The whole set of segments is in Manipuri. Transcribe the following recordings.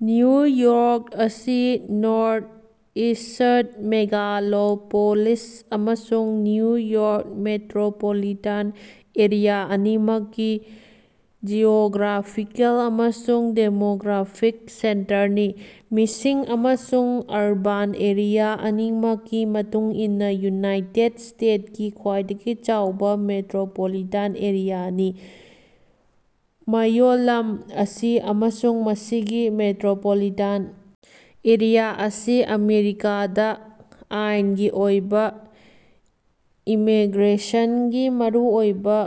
ꯅ꯭ꯌꯨ ꯌꯣꯔ꯭ꯛ ꯑꯁꯤ ꯅꯣꯔꯊꯏꯁ꯭ꯠ ꯃꯦꯒꯥꯂꯣꯄꯣꯂꯤꯁ ꯑꯃꯁꯨꯡ ꯅ꯭ꯌꯨ ꯌꯣꯔ꯭ꯛ ꯃꯦꯇ꯭ꯔꯣꯄꯣꯂꯤꯇꯥꯟ ꯑꯦꯔꯤꯌꯥ ꯑꯅꯤꯃꯛꯀꯤ ꯖꯤꯑꯣꯒ꯭ꯔꯥꯐꯤꯀꯦꯜ ꯑꯃꯁꯨꯡ ꯗꯦꯃꯣꯒ꯭ꯔꯥꯐꯤꯛ ꯁꯦꯟꯇꯔꯅꯤ꯫ ꯃꯤꯁꯤꯡ ꯑꯃꯁꯨꯡ ꯑꯔꯕꯥꯟ ꯑꯦꯔꯤꯌꯥ ꯑꯅꯤꯃꯛꯀꯤ ꯃꯇꯨꯡ ꯏꯟꯅꯥ ꯌꯨꯅꯥꯏꯇꯦꯗ ꯁ꯭ꯇꯦꯠꯀꯤ ꯈ꯭ꯋꯥꯏꯗꯒꯤ ꯆꯥꯎꯕꯥ ꯃꯦꯇ꯭ꯔꯣꯄꯣꯂꯤꯇꯥꯟ ꯑꯦꯔꯤꯌꯥꯅꯤ꯫ ꯃꯌꯣꯜꯂꯝ ꯑꯁꯤ ꯑꯃꯁꯨꯡ ꯃꯁꯤꯒꯤ ꯃꯦꯇ꯭ꯔꯣꯄꯣꯂꯤꯇꯥꯟ ꯑꯦꯔꯤꯌꯥ ꯑꯁꯤ ꯑꯃꯦꯔꯤꯀꯥꯗꯥ ꯑꯥꯏꯟꯒꯤ ꯑꯣꯏꯕꯥ ꯏꯃꯤꯒ꯭ꯔꯦꯁꯟꯒꯤ ꯃꯔꯨꯑꯣꯏꯕꯥ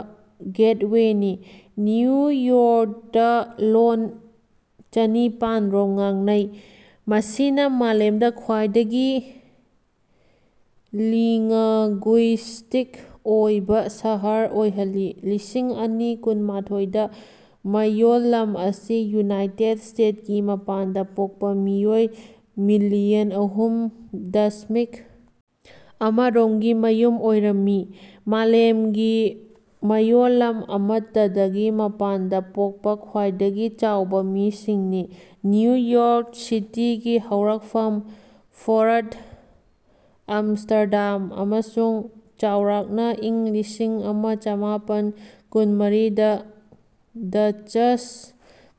ꯒꯦꯠꯋꯦꯅꯤ꯫ ꯅ꯭ꯌꯨ ꯌꯣꯔ꯭ꯀꯇꯥ ꯂꯣꯜ ꯆꯅꯤꯄꯥꯟꯔꯣꯝ ꯉꯥꯡꯅꯩ ꯃꯁꯤꯅꯥ ꯃꯥꯂꯦꯝꯗꯥ ꯈ꯭ꯋꯥꯏꯗꯒꯤ ꯂꯤꯉ꯭ꯒꯨꯏꯁ꯭ꯇꯤꯛ ꯑꯣꯏꯕꯥ ꯁꯍꯔ ꯑꯣꯏꯍꯜꯂꯤ꯫ ꯂꯤꯁꯤꯡ ꯑꯅꯤ ꯀꯨꯟꯃꯥꯊꯣꯏꯗꯥ ꯃꯌꯣꯜꯂꯝ ꯑꯁꯤ ꯌꯨꯅꯥꯏꯇꯦꯗ ꯁ꯭ꯇꯦꯠꯀꯤ ꯃꯄꯥꯟꯗꯥ ꯄꯣꯛꯄꯥ ꯃꯤꯑꯣꯏ ꯃꯤꯂꯤꯌꯟ ꯑꯍꯨꯝ ꯗꯁꯃꯤꯛ ꯑꯃꯔꯣꯝꯒꯤ ꯃꯌꯨꯝ ꯑꯣꯏꯔꯝꯃꯤ꯫ ꯃꯥꯂꯦꯝꯒꯤ ꯃꯌꯣꯜꯂꯝ ꯑꯃꯠꯇꯗꯒꯤ ꯃꯄꯥꯟꯗꯥ ꯄꯣꯛꯄꯥ ꯈ꯭ꯋꯥꯏꯗꯒꯤ ꯆꯥꯎꯕꯥ ꯃꯤꯁꯤꯡꯅꯤ꯫ ꯅ꯭ꯌꯨ ꯌꯣꯔ꯭ꯛ ꯁꯤꯇꯤꯒꯤ ꯍꯧꯔꯛꯐꯝ ꯐꯣꯔꯠ ꯑꯝꯁ꯭ꯇꯔꯗꯥꯝ ꯑꯃꯁꯨꯡ ꯆꯥꯎꯔꯥꯛꯅꯥ ꯏꯪ ꯂꯤꯁꯤꯡ ꯑꯃ ꯆꯃꯥꯄꯟ ꯀꯨꯟꯃꯔꯤꯗ ꯗꯆ꯭ꯁ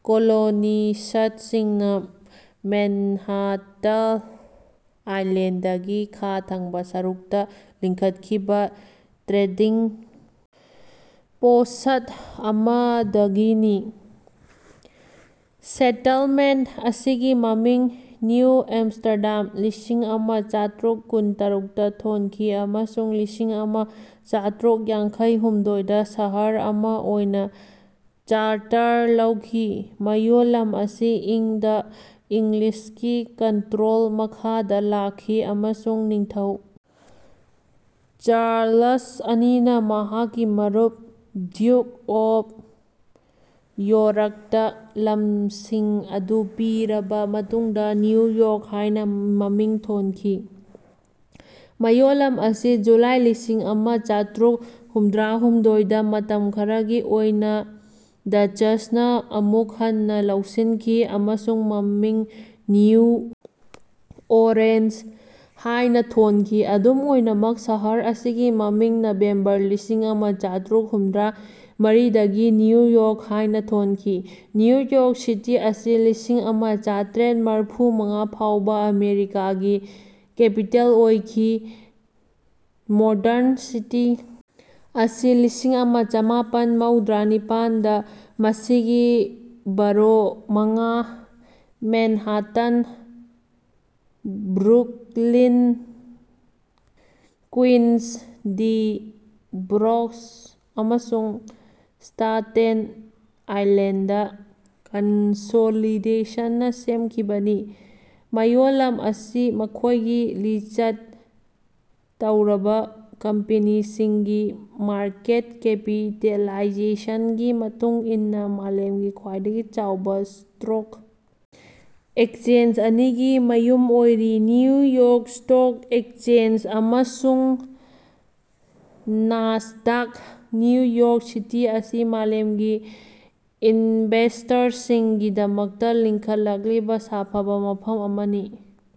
ꯀꯣꯂꯣꯅꯤꯁ꯭ꯠꯁꯤꯡꯅꯥ ꯃꯦꯟꯍꯥꯇꯟ ꯑꯥꯏꯂꯦꯟꯗꯒꯤ ꯈꯥ ꯊꯪꯕꯥ ꯁꯔꯨꯛꯇꯥ ꯂꯤꯡꯈꯠꯈꯤꯕꯥ ꯇ꯭ꯔꯦꯗꯤꯡ ꯄꯣꯁ꯭ꯠ ꯑꯃꯗꯒꯤꯅꯤ꯫ ꯁꯦꯇꯜꯃꯦꯟꯠ ꯑꯁꯤꯒꯤ ꯃꯃꯤꯡ ꯅ꯭ꯌꯨ ꯑꯝꯁ꯭ꯇꯔꯗꯥꯝ ꯂꯤꯁꯤꯡ ꯑꯃ ꯆꯥꯇ꯭ꯔꯨꯛ ꯀꯨꯟ ꯇꯔꯨꯛꯇ ꯊꯣꯟꯈꯤ ꯑꯃꯁꯨꯡ ꯂꯤꯁꯤꯡ ꯑꯃ ꯆꯥꯇ꯭ꯔꯨꯛ ꯌꯥꯡꯈꯩꯍꯨꯝꯗꯣꯏꯗ ꯁꯍꯔ ꯑꯃꯥ ꯑꯣꯏꯅꯥ ꯆꯥꯔꯇꯔ ꯇꯧꯈꯤ꯫ ꯃꯌꯣꯜꯂꯝ ꯑꯁꯤ ꯏꯪ ꯗꯥ ꯏꯪꯂꯤꯁꯀꯤ ꯀꯟꯇ꯭ꯔꯣꯜ ꯃꯈꯥꯗꯥ ꯂꯥꯛꯈꯤ ꯑꯃꯁꯨꯡ ꯅꯤꯡꯊꯧ ꯆꯥꯔꯂꯁ ꯑꯅꯤꯅꯥ ꯃꯍꯥꯛꯀꯤ ꯃꯔꯨꯞ ꯗ꯭ꯌꯨꯛ ꯑꯣꯐ ꯌꯣꯔ꯭ꯛꯇꯥ ꯂꯝꯁꯤꯡ ꯑꯗꯨ ꯄꯤꯔꯕꯥ ꯃꯇꯨꯡꯗꯥ ꯅ꯭ꯌꯨ ꯌꯣꯔ꯭ꯛ ꯍꯥꯏꯅꯥ ꯃꯃꯤꯡ ꯊꯣꯟꯈꯤ꯫ ꯃꯌꯣꯜꯂꯝ ꯑꯁꯤ ꯖꯨꯂꯥꯏ ꯂꯤꯁꯤꯡ ꯑꯃ ꯆꯥꯇ꯭ꯔꯨꯛ ꯍꯨꯝꯗ꯭ꯔꯥꯍꯨꯝꯗꯣꯏꯗ ꯃꯇꯝ ꯈꯔꯒꯤ ꯑꯣꯏꯅꯥ ꯗꯆ꯭ꯁꯅꯥ ꯑꯃꯨꯛ ꯍꯟꯅꯥ ꯂꯧꯁꯤꯟꯈꯤ ꯑꯃꯁꯨꯡ ꯃꯃꯤꯡ ꯅ꯭ꯌꯨ ꯑꯣꯔꯦꯟꯖ ꯍꯥꯏꯅꯥ ꯊꯣꯟꯈꯤ ꯑꯗꯨꯝ ꯑꯣꯏꯅꯃꯛ ꯁꯍꯔ ꯑꯁꯤꯒꯤ ꯃꯃꯤꯡ ꯅꯕꯦꯝꯕꯔ ꯂꯤꯁꯤꯡ ꯑꯃ ꯆꯥꯇ꯭ꯔꯨꯛ ꯍꯨꯝꯗ꯭ꯔꯥ ꯃꯔꯤꯗꯒꯤ ꯅ꯭ꯌꯨ ꯌꯣꯔꯛ ꯍꯥꯏꯅꯥ ꯊꯣꯟꯈꯤ꯫ ꯅ꯭ꯌꯨ ꯌꯣꯔꯛ ꯁꯤꯇꯤ ꯑꯁꯤ ꯂꯤꯁꯤꯡ ꯑꯃ ꯆꯥꯇ꯭ꯔꯦꯠ ꯃꯔꯐꯨ ꯃꯉꯥ ꯐꯥꯎꯕꯥ ꯑꯃꯦꯔꯤꯀꯥꯒꯤ ꯀꯦꯄꯤꯇꯦꯜ ꯑꯣꯏꯈꯤ꯫ ꯃꯣꯗꯔꯟ ꯁꯤꯇꯤ ꯑꯁꯤ ꯂꯤꯁꯤꯡ ꯑꯃ ꯆꯃꯥꯄꯟ ꯃꯧꯗ꯭ꯔꯥ ꯅꯤꯄꯥꯟꯗ ꯃꯁꯤꯒꯤ ꯕꯔꯣ ꯃꯉꯥ Manhattan Brooklyn Queens the Bronx ꯑꯃꯁꯨꯡ ꯁ꯭ꯇꯥꯇꯦꯟ ꯑꯥꯏꯂꯦꯟꯗ ꯀꯟꯁꯣꯂꯤꯗꯦꯁꯟꯅꯥ ꯁꯦꯝꯈꯤꯕꯅꯤ꯫ ꯃꯌꯣꯜꯂꯝ ꯑꯁꯤ ꯃꯈꯣꯏꯒꯤ ꯂꯤꯁ꯭ꯠ ꯇꯧꯔꯕꯥ ꯀꯝꯄꯦꯅꯤꯁꯤꯡꯒꯤ ꯃꯥꯔꯀꯦꯠ ꯀꯦꯄꯤꯇꯦꯂꯥꯏꯖꯦꯁꯟꯒꯤ ꯃꯇꯨꯡ ꯏꯟꯅꯥ ꯃꯥꯂꯦꯝꯒꯤ ꯈ꯭ꯋꯥꯏꯗꯒꯤ ꯆꯥꯎꯕꯥ ꯁ꯭ꯇꯣꯛ ꯑꯦꯛꯆꯦꯟꯖ ꯑꯅꯤꯒꯤ ꯃꯌꯨꯝ ꯑꯣꯏꯔꯤ ꯅ꯭ꯌꯨ ꯌꯣꯔ꯭ꯛ ꯁ꯭ꯇꯣꯛ ꯑꯦꯛꯆꯦꯟꯖ ꯑꯃꯁꯨꯡ ꯅꯥꯁꯗꯥꯛ꯫ ꯅ꯭ꯌꯨ ꯌꯣꯔ꯭ꯛ ꯁꯤꯇꯤ ꯑꯁꯤ ꯃꯥꯂꯦꯝꯒꯤ ꯏꯟꯚꯦꯁꯇꯔꯁꯤꯡꯒꯤꯗꯃꯛꯇꯥ ꯂꯤꯡꯈꯠꯂꯛꯂꯤꯕꯥ ꯁꯥꯐꯕꯥ ꯃꯐꯝ ꯑꯃꯅꯤ꯫